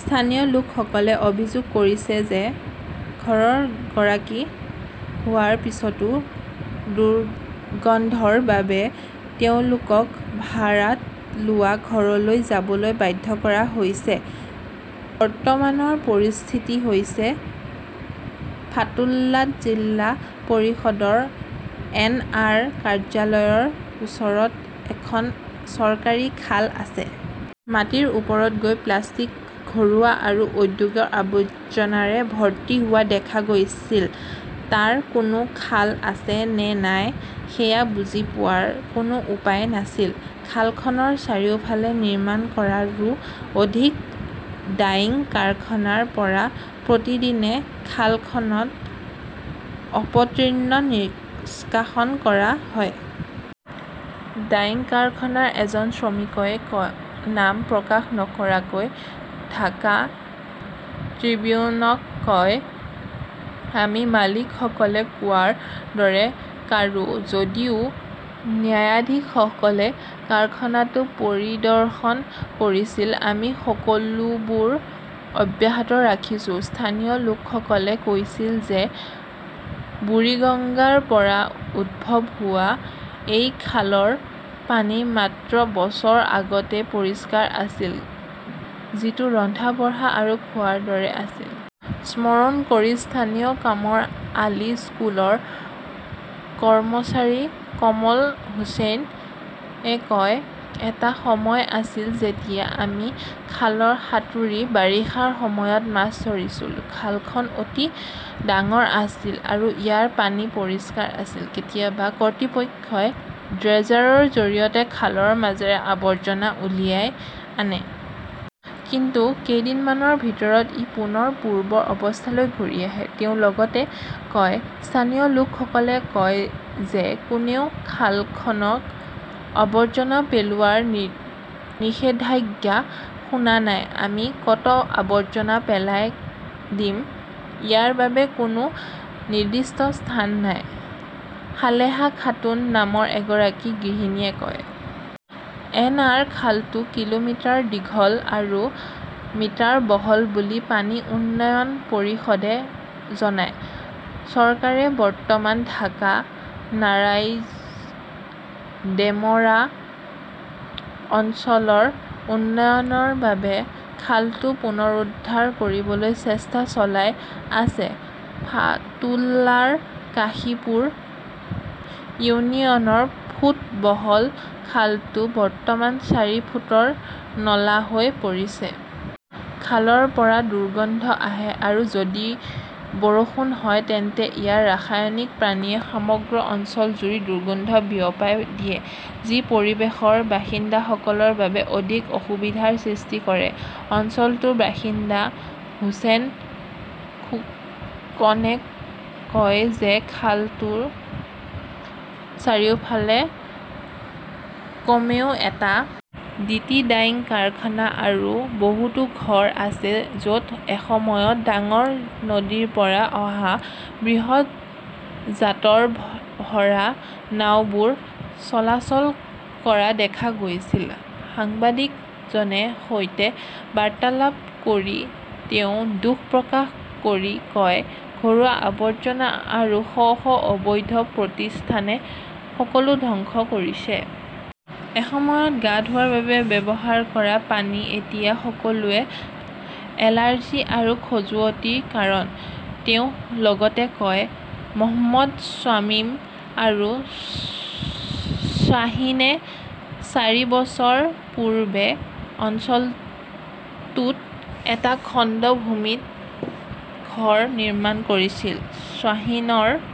স্থানীয় লোকসকলে অভিযোগ কৰিছে যে ঘৰৰ গৰাকী হোৱাৰ পিছতো দুৰ্গন্ধৰ বাবে তেওঁলোকক ভাড়াত লোৱা ঘৰলৈ যাবলৈ বাধ্য কৰা হৈছে। বৰ্তমানৰ পৰিস্থিতি হৈছে ফাতুল্লাত জিলা পৰিষদৰ এন. আৰ. কাৰ্যালয়ৰ ওচৰত এখন চৰকাৰী খাল আছে। মাটিৰ ওপৰত গৈ প্লাষ্টিক, ঘৰুৱা আৰু ঔদ্যোগিক আৱৰ্জনাৰে ভৰ্তি হোৱা দেখা গৈছিল। তাত কোনো খাল আছে নে নাই সেয়া বুজি পোৱাৰ কোনো উপায় নাছিল। খালখনৰ চাৰিওফালে নিৰ্মাণ কৰা ৰো অধিক ডাইং কাৰখানাৰ পৰা প্ৰতিদিনে খালখনত অপতৃণ নিষ্কাশন কৰা হয়। ডাইং কাৰখানাৰ এজন শ্ৰমিকই নাম প্ৰকাশ নকৰাকৈ ঢাকা ট্ৰিবিউনক কয়, "আমি মালিকসকলে কোৱাৰ দৰে কৰোঁ। যদিও ন্যায়াধীশসকলে কাৰখানাটো পৰিদৰ্শন কৰিছিল, আমি সেইবোৰ অব্যাহত ৰাখিছো। "স্থানীয় লোকসকলে কৈছিল যে বুৰিগঙ্গাৰ পৰা উদ্ভৱ হোৱা এই খালৰ পানী মাত্ৰ বছৰ আগতে পৰিষ্কাৰ আছিল, যিটো ৰন্ধা-বঢ়া আৰু খোৱাৰ দৰে আছিল। স্মৰণ কৰি স্থানীয় কামৰ আলী স্কুলৰ কৰ্মচাৰী কমল হোসেন -এ কয়, "এটা সময় আছিল যেতিয়া আমি খালত সাঁতুৰি বাৰিষাৰ সময়ত মাছ ধৰিছিলো। খালখন অতি ডাঙৰ আছিল আৰু ইয়াৰ পানী পৰিষ্কাৰ আছিল। "" কেতিয়াবা কৰ্তৃপক্ষই ড্ৰেজাৰৰ জৰিয়তে খালৰ মাজেৰে আৱৰ্জনা উলিয়াই আনে। কিন্তু কেইদিনমানৰ ভিতৰতে ই পুনৰ পূৰ্বৰ অৱস্থালৈ ঘূৰি আহে ", তেওঁ লগতে কয়। স্থানীয় লোকসকলে কয় যে কোনেও খালখনত আৱৰ্জনা পেলোৱাৰ নিষেধাজ্ঞা শুনা নাই। "আমি ক" ত আৱৰ্জনা পেলাই দিম? " ইয়াৰ বাবে কোনো নিৰ্দিষ্ট স্থান নাই ", সালেহা খাতুন নামৰ এগৰাকী গৃহিণীয়ে কয়। এন. আৰ. খালটো কিলোমিটাৰ দীঘল আৰু মিটাৰ বহল বুলি পানী উন্নয়ন পৰিষদে জনায়। চৰকাৰে বৰ্তমান ঢাকা-নাৰাংইজ-ডেমৰা অঞ্চলৰ উন্নয়নৰ বাবে খালটো পুনৰুদ্ধাৰ কৰিবলৈ চেষ্টা চলাই আছে। ফাতুল্লাৰ কাশীপুৰ ইউনিয়নৰ ফুট বহল খালটো বৰ্তমান চাৰি ফুটৰ নলা হৈ পৰিছে। খালৰ পৰা দুৰ্গন্ধ আহে আৰু যদি বৰষুণ হয় তেন্তে ইয়াৰ ৰাসায়নিক পানীয়ে সমগ্ৰ অঞ্চলজুৰি দুৰ্গন্ধ বিয়পাই দিয়ে, যি পৰিৱেশৰ বাসিন্দাসকলৰ বাবে অধিক অসুবিধাৰ সৃষ্টি কৰে। অঞ্চলটোৰ বাসিন্দা হোসেন খোকনে কয় যে খালখনৰ চাৰিওফালে কমেও এটা <আই. ডি. টি ডাইং কাৰখানা আৰু বহুতো ঘৰ আছে য 'ত এসময়ত ডাঙৰ নদীৰ পৰা অহা বৃহৎ জাটৰে ভৰা নাওবোৰ চলাচল কৰা দেখা গৈছিল। সাংবাদিকজনৰ সৈতে বাৰ্তালাপ কৰি তেওঁ দুখ প্ৰকাশ কৰি কয়, "ঘৰুৱা আৱৰ্জনা আৰু শ শ অবৈধ প্ৰতিষ্ঠানে সকলো ধ্বংস কৰিছে। " "এসময়ত গা ধোৱাৰ বাবে ব্যৱহাৰ কৰা পানী এতিয়া সকলোৰে এলাৰ্জি আৰু খজুৱতিৰ কাৰণ", তেওঁ লগতে কয়। "মহম্মদ শ্বামীম আৰু শ্বাহীনে চাৰি বছৰ পূৰ্বে অঞ্চলটোত এটা খণ্ড ভূমিত ঘৰ নিৰ্মাণ কৰিছিল। শ্বাহীনৰ